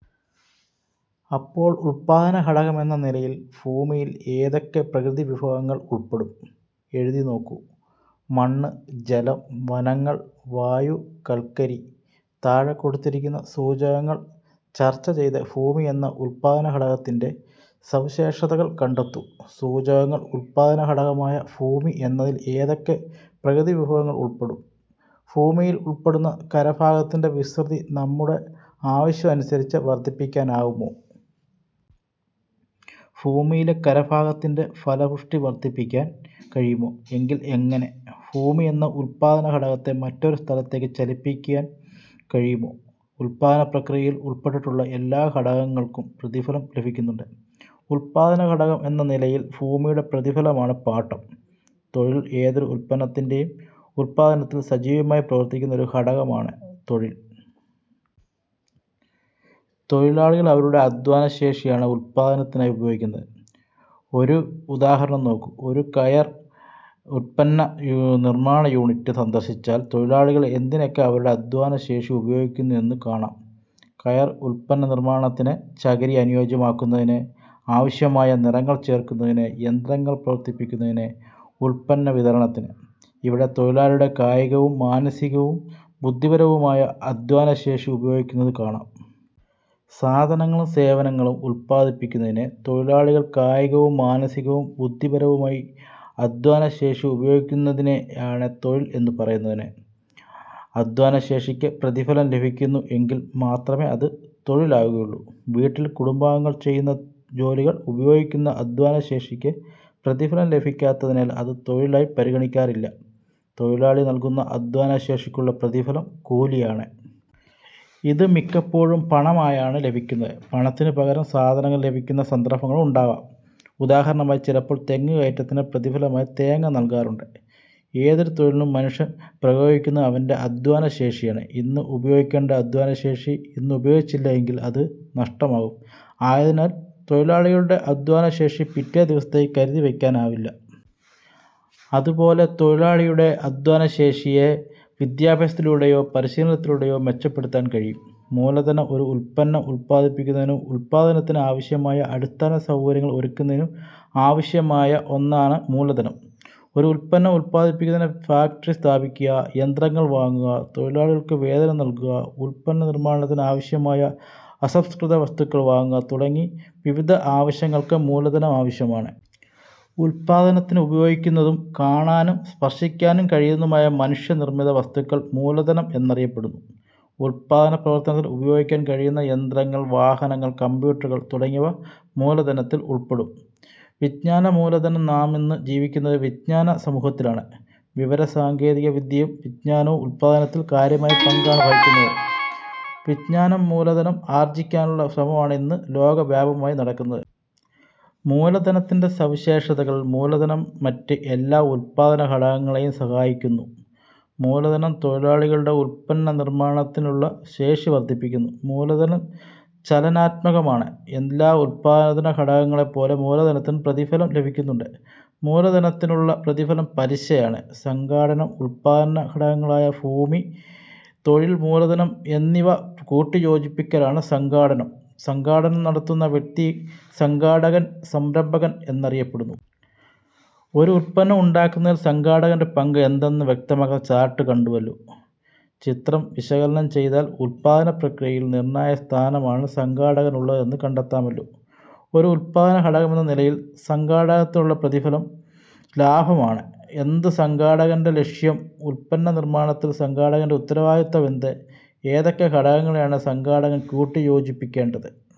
അപ്പോൾ ഉല്പാദനഘടകമെന്ന നിലയിൽ ഭൂമിയിൽ ഏതൊക്കെ പ്രകൃതിവിഭവങ്ങൾ ഉൾപ്പെടും? എഴുതിനോക്കൂ. മണ്ണ്, ജലം, വനങ്ങൾ, വായു, കൽക്കരി. താഴെ കൊടുത്തിരിക്കുന്ന സൂചകങ്ങൾ ചർച്ച ചെയ്ത് ഭൂമി എന്ന ഉല്പാദനഘടകത്തിന്റെ സവിശേഷതകൾ കണ്ടെത്തൂ. സൂചകങ്ങൾ ഉല്പാദന ഘടകമായ ഭൂമി എന്നതിൽ ഏതൊക്കെ പ്രകൃതിവിഭവങ്ങൾ ഉൾപ്പെടും? ഭൂമിയിൽ ഉൾപ്പെടുന്ന കരഭാഗത്തിന്റെ വിസ്തൃതി നമ്മുടെ ആവശ്യം അനുസരിച്ച് വർദ്ധിപ്പിക്കുവാനാകുമോ? ഭൂമിയിലെ കരഭാഗത്തിന്റെ ഫലപുഷ്ടി വർദ്ധിപ്പിക്കുവാൻ കഴിയുമോ? എങ്കിൽ എങ്ങനെ? ഭൂമി എന്ന ഉല്പാദനഘടകത്തെ മറ്റൊരു സ്ഥലത്തേക്ക് ചലിപ്പി ക്കുവാൻ കഴിയുമോ? ഉല്പാദനപ്രക്രിയയിൽ ഉൾപ്പെട്ടിട്ടുള്ള എല്ലാ ഘടകങ്ങൾക്കും പ്രതിഫലം ലഭിക്കുന്നുണ്ട്. ഉല്പാദനഘടകം എന്ന നിലയിൽ ഭൂമിയുടെ പ്രതിഫലമാണ് പാട്ടം. തൊഴിൽ ഏതൊരു ഉല്പന്നത്തിന്റെയും ഉല്പാദനത്തിൽ സജീവമായി പ്രവർത്തിക്കുന്ന ഒരു ഘടകമാണ് തൊഴിൽ. തൊഴിലാളികൾ അവരുടെ അദ്ധ്വാനശേഷിയാണ് ഉല്പാദനത്തിനായി ഉപയോഗിക്കുന്നത്. ഒരു ഉദാഹരണം നോക്കൂ. ഒരു കയർ ഉല്പന്ന നിർമ്മാണ യൂണിറ്റ് സന്ദർശിച്ചാൽ തൊഴിലാളികൾ എന്തിനൊക്കെ അവരുടെ അദ്ധ്വാന ശേഷി ഉപയോഗിക്കുന്നു എന്ന് കാണാം കയർ ഉല്പന്നനിർമ്മാണത്തിന് ചകിരി അനുയോജ്യമാക്കുന്നതിന്. ആവശ്യമായ നിറങ്ങൾ ചേർക്കുന്നതിന്. യന്ത്രങ്ങൾ പ്രവർത്തിപ്പിക്കുന്നതിന് ഉല്പന്നവിതരണത്തിന്. ഇവിടെ തൊഴിലാളികളുടെ കായികവും മാനസികവും ബുദ്ധിപരവുമായ അദ്ധ്വാനശേഷി ഉപയോഗിക്കുന്നത് കാണാം. സാധനങ്ങളും സേവനങ്ങളും ഉല്പാദിപ്പിക്കുന്നതിന് തൊഴിലാളികൾ കായികവും മാനസികവും ബുദ്ധിപരവുമായി അധ്വാനശേഷി ഉപയോഗിക്കുന്നതിനെയാണ് തൊഴിൽ എന്നു പറയുന്നത്. അധ്വാനശേഷിക്ക് പ്രതിഫലം ലഭിക്കുന്നു എങ്കിൽ മാത്രമേ അത് തൊഴിലാകുകയുള്ളൂ. വീട്ടിൽ കുടുംബാംഗങ്ങൾ ചെയ്യുന്ന ജോലികൾക്ക് ഉപയോഗിക്കുന്ന അധ്വാന ശേഷിക്ക് പ്രതിഫലം ലഭിക്കാത്തതിനാൽ അത് തൊഴിലായി പരിഗണിക്കാറില്ല. തൊഴിലാളി നൽകുന്ന അദ്ധ്വാനശേഷിക്കുള്ള പ്രതിഫലം കൂലിയാണ്. ഇത് മിക്കപ്പോഴും പണമായാണ് ലഭിക്കുന്നത്. പണത്തിനു പകരം സാധനങ്ങൾ ലഭിക്കുന്ന സന്ദർഭങ്ങളും ഉണ്ടാകാം. ഉദാഹരണമായി ചിലപ്പോൾ തെങ്ങുകയറ്റത്തിന് പ്രതിഫലമായി തേങ്ങ നൽകാറുണ്ട്. ഏതൊരു തൊഴിലിനും മനുഷ്യൻ പ്രയോഗിക്കുന്നത് അവന്റെ അദ്ധ്വാനശേഷിയാണ്. ഇന്ന് ഉപയോഗിക്കേണ്ട അദ്ധ്വാനശേഷി ഇന്ന് ഉപയോഗിച്ചില്ല എങ്കിൽ അത് നഷ്ടമാകും. ആയതിനാൽ തൊഴിലാളി യുടെ അദ്ധ്വാനശേഷി പിറ്റേ ദിവസത്തേക്കായി കരുതി വയ്ക്കാനാവില്ല. അതുപോലെ തൊഴിലാളിയുടെ അധ്വാനശേഷിയെ വിദ്യാഭ്യാസത്തിലൂടെയോ പരിശീലനത്തിലൂടെയോ മെച്ചപ്പെടുത്താൻ കഴിയും. മൂലധനം ഒരു ഉല്പന്നം ഉല്പാദിപ്പിക്കുന്നതിനും ഉല്പാദനത്തിന് ആവശ്യമായ അടിസ്ഥാനസൗകര്യങ്ങൾ ഒരുക്കുന്നതിനും ആവശ്യമായ ഒന്നാണ് മൂലധനം. ഒരു ഉല്പന്നം ഉല്പാദിപ്പിക്കുന്നതിന് ഫാക്ടറി സ്ഥാപിക്കുക, യന്ത്രങ്ങൾ വാങ്ങുക, തൊഴിലാളികൾക്ക് വേതനം നൽകുക, ഉല്പന്ന നിർമ്മാണത്തിന് ആവശ്യമായ അസംസ്കൃതവസ്തുക്കൾ വാങ്ങുക തുടങ്ങി വിവിധ ആവശ്യങ്ങൾക്ക് മൂലധനം ആവശ്യമാണ്. ഉല്പാദനത്തിന് ഉപയോഗിക്കുന്നതും കാണാനും സ്പർശിക്കാനും കഴിയുന്നതുമായ മനുഷ്യനിർമ്മിത വസ്തുക്കൾ മൂലധനം എന്നറിയപ്പെടുന്നു. ഉല്പാദന പ്രവർത്തനത്തിൽ ഉപയോഗിക്കാൻ കഴിയുന്ന യന്ത്രങ്ങൾ, വാഹനങ്ങൾ, കമ്പ്യൂട്ടറുകൾ തുടങ്ങിയവ മൂലധനത്തിൽ ഉൾപ്പെടും. വിജ്ഞാനമൂലധനം നാമിന്ന് ജീവിക്കുന്നത് വിജ്ഞാ നസമൂഹത്തിലാണ്. വിവരസാങ്കേതിക വിദ്യയും വിജ്ഞാനവും ഉല്പാദനത്തിൽ കാര്യമായ പങ്കാണ് വഹിക്കുന്നത്. വിജ്ഞാനമൂലധനം ആർജ്ജിക്കാനുള്ള ശ്രമമാണ് ഇന്ന് ലോകവ്യാപകമായി നടക്കുന്നത്. മൂലധനത്തിന്റെ സവിശേഷതകൾ മൂലധനം മറ്റ് എല്ലാ ഉല്പാദനഘടകങ്ങളേയും സഹായിക്കുന്നു. മൂലധനം തൊഴിലാളികളുടെ ഉല്പന്ന നിർമ്മാണത്തിനുള്ള ശേഷി വർദ്ധിപ്പിക്കുന്നു. മൂലധനം ചലനാത്മകമാണ്. എല്ലാ ഉല്പാദനഘടകങ്ങളെപ്പോലെ മൂലധനത്തിനും പ്രതിഫലം ലഭിക്കുന്നുണ്ട്. മൂലധനത്തിനുള്ള പ്രതിഫലം പലിശയാണ്. സംഘാടനം ഉല്പാദന ഘടകങ്ങളായ ഭൂമി, തൊഴിൽ, മൂലധനം എന്നിവ കൂട്ടിയോജിപ്പിക്കലാണ് സംഘാടനം. സംഘാടനം നടത്തുന്ന വ്യക്തി സംഘാടകൻ/സംരംഭകൻ എന്നറിയപ്പെടുന്നു. ഒരു ഉല്പന്നം ഉണ്ടാക്കുന്നതിൽ സംഘാടകന്റെ പങ്ക് എന്തെന്ന് വ്യക്തമാക്കുന്ന ചാർട്ട് കണ്ടുവല്ലോ. ചിത്രം വിശകലനം ചെയ്താൽ ഉല്പാദനപ്രക്രിയയിൽ നിർണ്ണായകസ്ഥാനമാണ് സംഘാടകന് ഉള്ളത് എന്ന് കണ്ടെത്താമല്ലോ. ഒരു ഉല്പാദനഘടകമെന്ന നിലയിൽ സംഘാടനത്തിനുള്ള പ്രതിഫലം ലാഭമാണ്. എന്ത് സംഘാടകന്റെ ലക്ഷ്യം? ഉല്പന്ന നിർമ്മാണത്തിൽ സംഘാടകന്റെ ഉത്തരവാദിത്വം എന്ത്? ഏതൊക്കെ ഘടകങ്ങളെയാണ് സംഘാടകൻ കൂട്ടിയോജിപ്പിക്കേണ്ടത്?